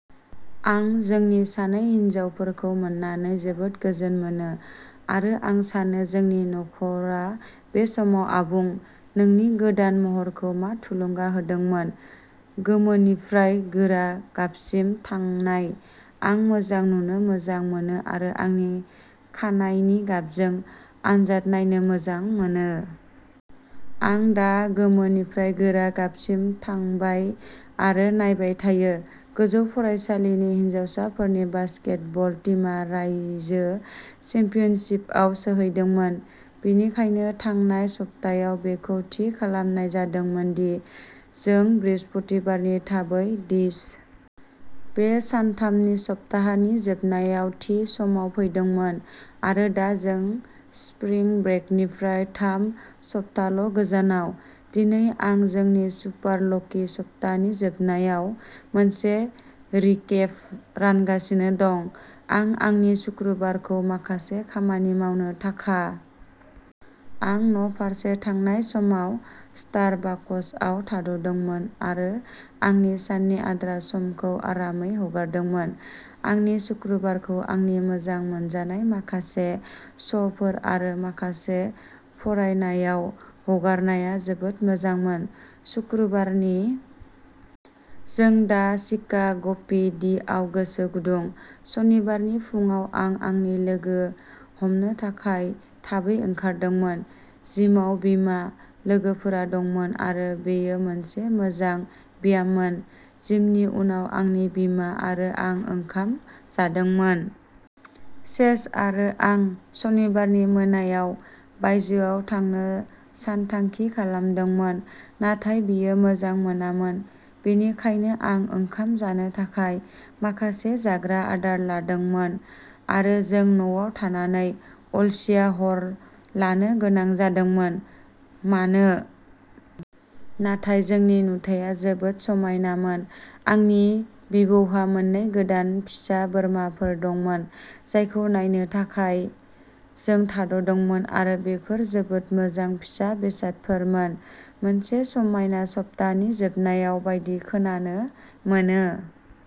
आं जोंनि सानै हिनजावफोरखौ मोननानै जोबोद गोजोन मोनो, आरो आं सानो जोंनि नखरा बे समाव आबुं। " नोंनि गोदान महरखौ मा थुलुंगा होदोंमोन-गोमोनिफ्राय गोरा गाबसिम थांनाय? "आं मोजां नुनो मोजां मोनो आरो आंनि खानाइनि गाबजों आनजाद नायनो मोजां मोनो। आं दा गोमोनिफ्राय गोरा गाबसिम थांबाय, आरो नायबाय थायो। गोजौ फरायसालिनि हिनजावसाफोरनि बास्केटबल टीमा रायजो चेम्पियनशिपआव सौहैदोंमोन, बेनिखायनो थांनाय सप्तायाव बेखौ थि खालामनाय जादोंमोन दि जों बृहस्पतिबारनि थाबै डिसमिस जागोन आरो गासै शुक्रबारनि सान बन्द थागोन, जाहाथे बयबो गेलेनायाव बाहागो लानो खाबु मोनो। बे सानथामनि सप्तानि जोबनायाव थि समाव फैदोंमोन, आरो दा जों स्प्रिं ब्रेकनिफ्राय थाम सप्ताल'गोजानाव! दिनै आं जोंनि सुपार ल'की सप्तानि जोबनायाव मोनसे रिकेप रानगासिनो दं। आं आंनि सुक्रुबारखौ माखासे खामानि मावनो थाखाय सोहोर दावबायनायजों जागायदोंमोन। आं न'फारसे थांनाय समाव स्टारबाकसआव थाद'दोंमोन आरो आंनि साननि आद्रा समखौ आरामै हगारदोंमोन। आंनि सुक्रुबारखौ आंनि मोजां मोनजानाय माखासे श'फोर आरो माखासे फरायनायाव हगारनाया जोबोद मोजांमोन। सुक्रुबारनि मोनायाव चेज आरो आं न'आव थादोंमोन आरो मोनसे गोदान सिरिज जागायदोंमोन। जों दा शिकाग'पि. डि. आव गोसो गुदुं। सनिबारनि फुंआव आं आंनि लोगो हमनो थाखाय थाबै ओंखारदोंमोन। जिमाव बिमा। लोगोफोरा दंमोन आरो बेयो मोनसे मोजां ब्याममोन। जिमनि उनाव आंनि बिमा आरो आं ओंखाम जादोंमोन। चेज आरो आं सनिबारनि मोनायाव बायजोआव थांनो सानथांखि खालामदोंमोन, नाथाय बियो मोजां मोनामोन, बेनिखायनो आं ओंखाम जानो थाखाय माखासे जाग्रा आदार लादोंमोन आरो जों न'आव थानानै अलसिया हर लानो गोनां जादोंमोन। मानोना फैगौ द'सप्ताहान्तफोरा जोंनि थाखाय मुखुब जानो गोनांमोन, आं न'आव अलसिया सप्ताहान्त हगारनायनि थाखाय साबायखर बावदोंमोन। नाथाय जोंनि नुथाया जोबोद समायनामोन! आंनि बिबौहा मोननै गोदान फिसा बोरमाफोर दंमोन जायखौ नायनो थाखाय जों थाद'दोंमोन। आरो बेफोर जोबोद मोजां फिसा बेसादफोरमोन। मोनसे समायना सप्तानि जोबनायाव बायदि खोनानो मोनो-बै सानदांथि गैयै साननि सप्तानि जोबनायाव मोजां मोननांगोन!